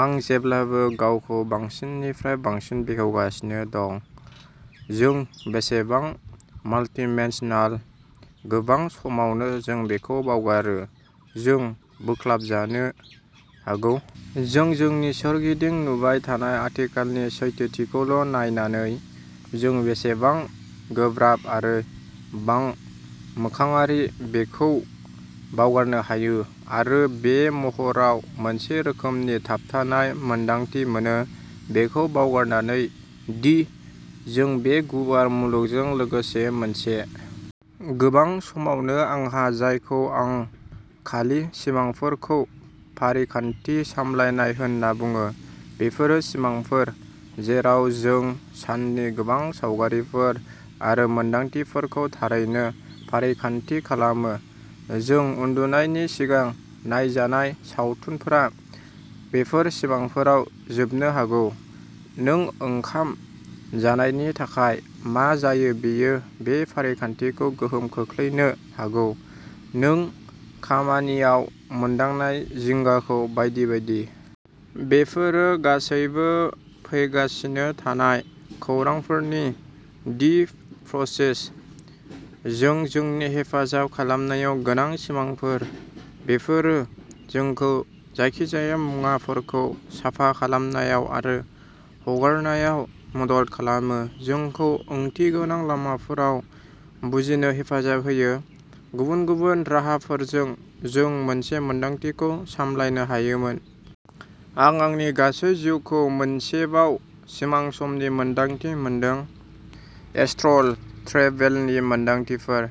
आं जेब्लाबो गावखौ बांसिननिफ्राय बांसिन बेखेवगासिनो दं, जों बेसेबां माल्टिमेन्सनाल। गोबां समावनो जों बेखौ बावगारो, जों बोख्लाबजानो हागौ। जों जोंनि सोरगिदिं नुबाय थानाय आथिखालनि सैथोथिखौल'नायनानै। जों बेसेबां गोब्राब आरो बांमोखाङारि बेखौ बावगारनो हायो आरो बे महरआव मोनसे रोखोमनि थाबथानाय मोन्दांथि मोनो, बेखौ बावगारनानै दि जों बे गुवार मुलुगजों लोगोसे मोनसे। गोबां समावनो आंहा जायखौ आं खालि सिमांफोरखौ फारिखान्थि खालामनाय होनना बुङो, बेफोरो सिमांफोर जेराव जों साननि गोबां सावगारिफोर आरो मोनदांथिफोरखौ थारैनो फारिखान्थि खालामो जों उन्दुनायनि सिगां नायजानाय सावथुनफोरा बेफोर सिमांफोराव जोबनो हागौ, नों ओंखाम जानायनि थाखाय मा जायो बेयो बे फारिखान्थिखौ गोहोम खोख्लैनो हागौ, नों खामानियाव मोनदांनाय जिंगाखौ बायदि बायदि। बेफोरो गासैबो फैगासिनो थानाय खौरांफोरनि "दि प्रसेस" जों जोंनि हेफाजाब खालामनायाव गोनां सिमांफोर। बेफोरो जोंखौ जायखिजाया मुवाफोरखौ साफा खालामनायाव आरो हगारनायाव मदद खालामो, जोंखौ ओंथिगोनां लामाफोराव बुजिनो हेफाजाब होयो, गुबुन गुबुन राहाफोरजों जों मोनसे मोनदांथिखौ सामलायनो हायोमोन। आं आंनि गासै जिउखौ मोनसेबाव सिमां समनि मोनदांथि मोनदों। एस्ट्रल ट्रेभेलनि मोन्दांथिफोर।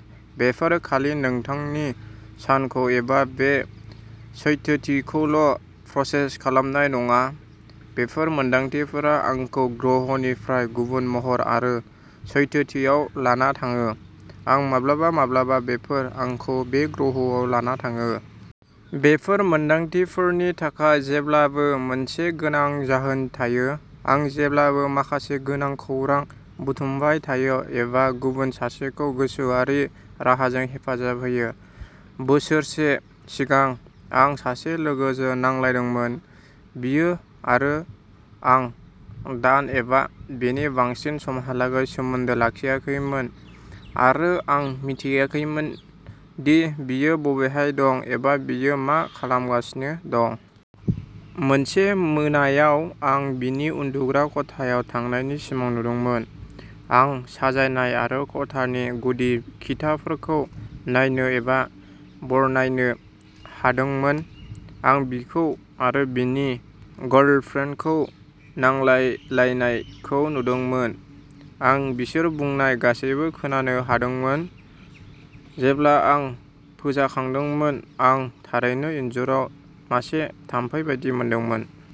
बेफोर खालि नोंथांनि सानखौ एबा बे सैथोथिखौल'प्रसेस खालामनाय नङा। बेफोर मोन्दांथिफोरा आंखौ ग्रहनिफ्राय गुबुन महर आरो सैथोथियाव लाना थाङो, आरो माब्लाबा-माब्लाबा बेफोर आंखौ बे ग्रहआव लाना थाङो। बेफोर मोन्दांथिफोरनि थाखाय जेब्लाबो मोनसे गोनां जाहोन थायो। आं जेब्लाबो माखासे गोनां खौरां बुथुमबाय थायो एबा गुबुन सासेखौ गोसोआरि राहाजों हेफाजाब होयो। बोसोरसे सिगां, आं सासे लोगोजों नांलायदोंमोन। बियो आरो आं दान एबा बेनि बांसिन समहालागै सोमोन्दो लाखियाखैमोन आरो आं मिथियाखैमोन दि बियो बबेहाय दं एबा बियो मा खालामगासिनो दं। मोनसे मोनायाव आं बिनि उन्दुग्रा खथायाव थानायनि सिमां नुदोंमोन। आं साजायनाय आरो खथानि गुदि खिथाफोरखौ नायनो आरो बरनायनो हादोंमोन। आं बिखौ आरो बिनि गार्लफ्रेन्डखौ नांलायलायनायखौ नुदोंमोन, आं बिसोर बुंनाय गासैबो खोनानो हादोंमोन। जेब्ला आं फोजाखांदोंमोन आं थारैनो इनजुराव मासे थाम्फै बायदि मोनदोंमोन।